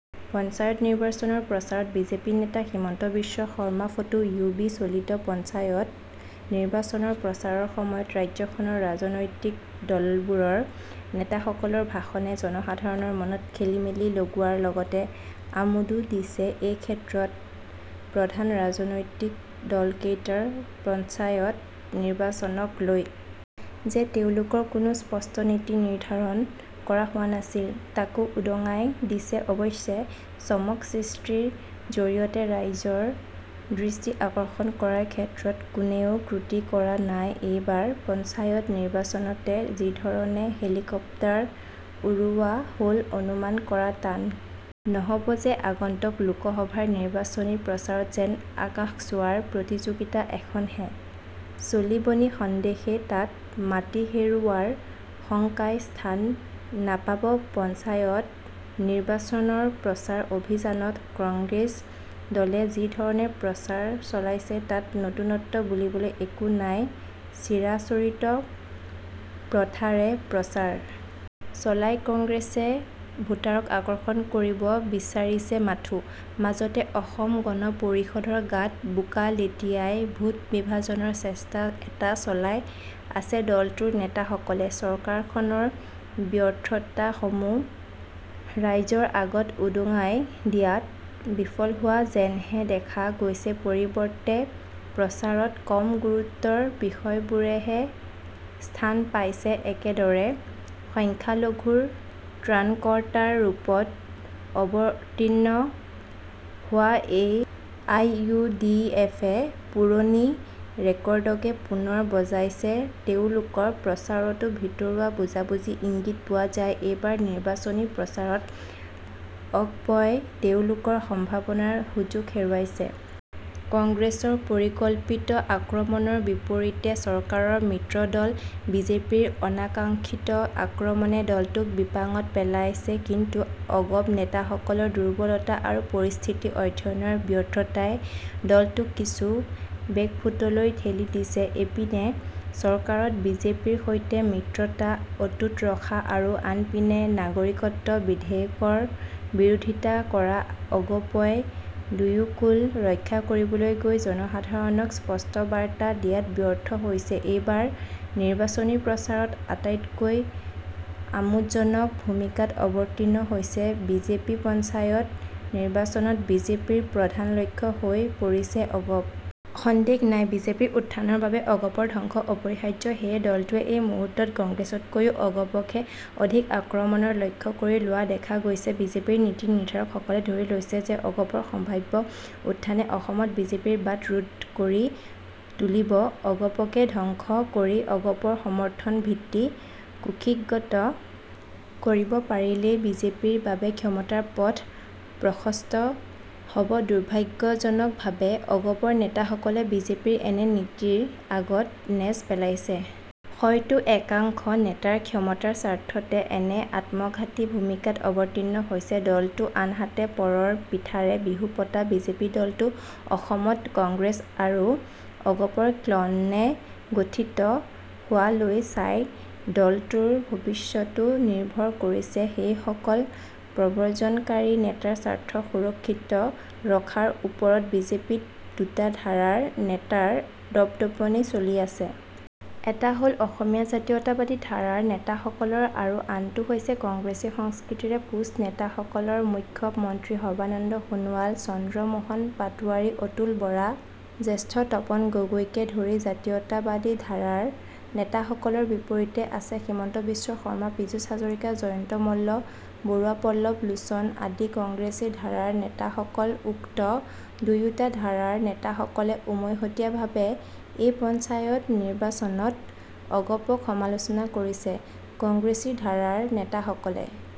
পঞ্চায়ত নিৰ্বাচনৰ প্ৰচাৰত বিজেপি নেতা হিমন্ত বিশ্ব শৰ্মাফটো ইউ বি চলিত পঞ্চায়ত নিৰ্বাচনৰ প্ৰচাৰৰ সময়ত ৰাজ্যখনৰ ৰাজনৈতিক দলবোৰৰ নেতাসকলৰ ভাষণে জনসাধাৰণৰ মনত খেলিমেলি লগোৱাৰ লগতে আমোদো দিছেএইক্ষেত্ৰত প্ৰধান ৰাজনৈতিক দলকেইটাৰ পঞ্চায়ত নিৰ্বাচনক লৈ যে তেওঁলোকৰ কোনো স্পষ্ট নীতি নিৰ্দ্ধাৰণ কৰা হোৱা নাছিল তাকো উদঙাই দিছেঅৱশ্যে চমক সৃষ্টিৰ জৰিয়তে ৰাইজৰ দৃষ্টি আকৰ্ষণ কৰাৰ ক্ষেত্ৰত কোনেও ক্ৰুটি কৰা নাইএইবাৰ পঞ্চায়ত নিৰ্বাচনতে যিধৰণে হেলিকপ্টাৰ উৰুওৱা হল অনুমান কৰা টান নহব যে আগন্তুক লোকসভাৰ নিৰ্বাচনী প্ৰচাৰত যেন আকাশ চুৱাৰ প্ৰতিযোগিতা এখনহে চলিবনিসন্দেহে তাত মাটি হেৰুওৱাৰ শংকাই স্থান নাপাবপঞ্চায়ত নিৰ্বাচনৰ প্ৰচাৰ অভিযানত কংগ্ৰেছ দলে যিধৰণে প্ৰচাৰ চলাইছে তাত নতুনত্ব বুলিবলৈ একো নাইচিৰাচৰিত প্ৰথাৰে প্ৰচাৰ চলাই কংগ্ৰেছে ভোটাৰক আকৰ্ষণ কৰিব বিচাৰিছেমাথোঁ মাজতে অসম গণ পৰিষদৰ গাত বোকা লেটিয়াই ভোট বিভাজনৰ চেষ্টা এটা চলাই আছেদলটোৰ নেতাসকলে চৰকাৰখনৰ ব্যৰ্থতাসমূহ ৰাইজৰ আগত উদঙাই দিয়াত বিফল হোৱা যেনহে দেখা গৈছেপৰিৱৰ্তে প্ৰচাৰত কম গুৰুত্বৰ বিষয়বোৰেহে স্থান পাইছেএকেদৰে সংখ্যালঘুৰ ত্ৰাণকৰ্তাৰ ৰূপত অৱতীৰ্ণ হোৱা এআইয়ুডিএফে পুৰণি ৰেকৰ্ডকে পুনৰ বজাইছেতেওঁলোকৰ প্ৰচাৰতো ভিতৰুৱা বুজাবুজি ইংগিত পোৱা যায়এইবাৰ নিৰ্বাচনী প্ৰচাৰত অগপই তেওঁলোকৰ সম্ভাৱনাৰ সুযোগ হেৰুৱাইছে। কংগ্ৰেছৰ পৰিকল্পিত আক্ৰমণৰ বিপৰীতে চৰকাৰৰ মিত্ৰদল বিজেপিৰ অনাকাংখিত আক্ৰমণে দলটোক বিপাঙত পেলাইছেকিন্তু অগপ নেতাসকলৰ দুৰ্বলতা আৰু পৰিস্থিতি অধ্যয়নৰ ব্যৰ্থতাই দলটোক কিছু বেকফুটলৈ ঠেলি দিছেএপিনে চৰকাৰত বিজেপিৰ সৈতে মিত্ৰতা অটুট ৰখা আৰু আনপিনে নাগৰিকত্ব বিধেয়কৰ বিৰোধিতা কৰা অগপই দুয়োকূল ৰক্ষা কৰিবলৈ গৈ জনসাধাৰণক স্পষ্ট বাৰ্তা দিয়াত ব্যৰ্থ হৈছেএইবাৰ নিৰ্বাচনী প্ৰচাৰত আটাইতকৈ আমোদজনক ভূমিকাত অৱতীৰ্ণ হৈছে বিজেপিপঞ্চায়ত নিৰ্বাচনত বিজেপিৰ প্ৰধান লক্ষ্য হৈ পৰিছে অগপ। সন্দেহ নাই বিজেপিৰ উত্থানৰ বাবে অগপৰ ধ্বংস অপৰিহাৰ্যসেয়ে দলটোৱে এই মুহূৰ্তত কংগ্ৰেছতকৈয়ো অগপকহে অধিক আক্ৰমণৰ লক্ষ্য কৰি লোৱা দেখা গৈছেবিজেপিৰ নীতি নিৰ্দ্ধাৰকসকলে ধৰি লৈছে যে অগপৰ সম্ভাৱ্য উত্থানে অসমত বিজেপিৰ বাট ৰুদ্ধ কৰি তুলিবঅগপক ধ্বংস কৰি অগপৰ সমৰ্থন ভিত্তি কুক্ষিগত কৰিব পাৰিলেই বিজেপিৰ বাবে ক্ষমতাৰ পথ প্ৰশস্ত হবদুৰ্ভাগ্যজনকভাৱে অগপৰ নেতাসকলে বিজেপিৰ এনে নীতিৰ আগত নেজ পেলাইছে। হয়তো একাংশ নেতাৰ ক্ষমতাৰ স্বাৰ্থতে এনে আত্মঘাতী ভূমিকাত অৱতীৰ্ণ হৈছে দলটোআনহাতে পৰৰ পিঠাৰে বিহু পতা বিজেপি দলটো অসমত কংগ্ৰেছ আৰু অগপৰ ক্লনেে গঠিত হোৱালৈ চাই দলটোৰ ভৱিষ্যতো নিৰ্ভৰ কৰিছে সেইসকল প্ৰব্ৰজনকাৰী নেতাৰ স্বাৰ্থ সুৰক্ষিত ৰখাৰ ওপৰতবিজেপিত দুটা ধাৰাৰ নেতাৰ দপদপনি চলি আছে। এটা হল অসমীয়া জাতীয়তাবাদী ধাৰাৰ নেতাসকলৰ আৰু আনটো হৈছে কংগ্ৰেছী সংস্কৃতিৰে পুষ্ট নেতাসকলৰমুখ্য মন্ত্ৰী সৰ্বানন্দ সোণোৱাল চন্দ্ৰ মোহন পাটোৱাৰী অতুল বৰা জ্যেষ্ঠ তপন গগৈকে ধৰি জাতীয়তাবাদী ধাৰাৰ নেতাসকলৰ বিপৰীতে আছে হিমন্ত বিশ্ব শৰ্মা পীযুষ হাজৰিকা জয়ন্ত মল্ল বৰুৱাপল্লৱ লোচন আদি কংগ্ৰেছী ধাৰাৰ নেতাসকলউক্ত দুয়োটা ধাৰাৰ নেতাসকলে উমৈহতীয়াভাৱে এই পঞ্চায়ত নিৰ্বাচনত অগপক সমালোচনা কৰিছে। কংগ্ৰেছী ধাৰাৰ নেতাসকলে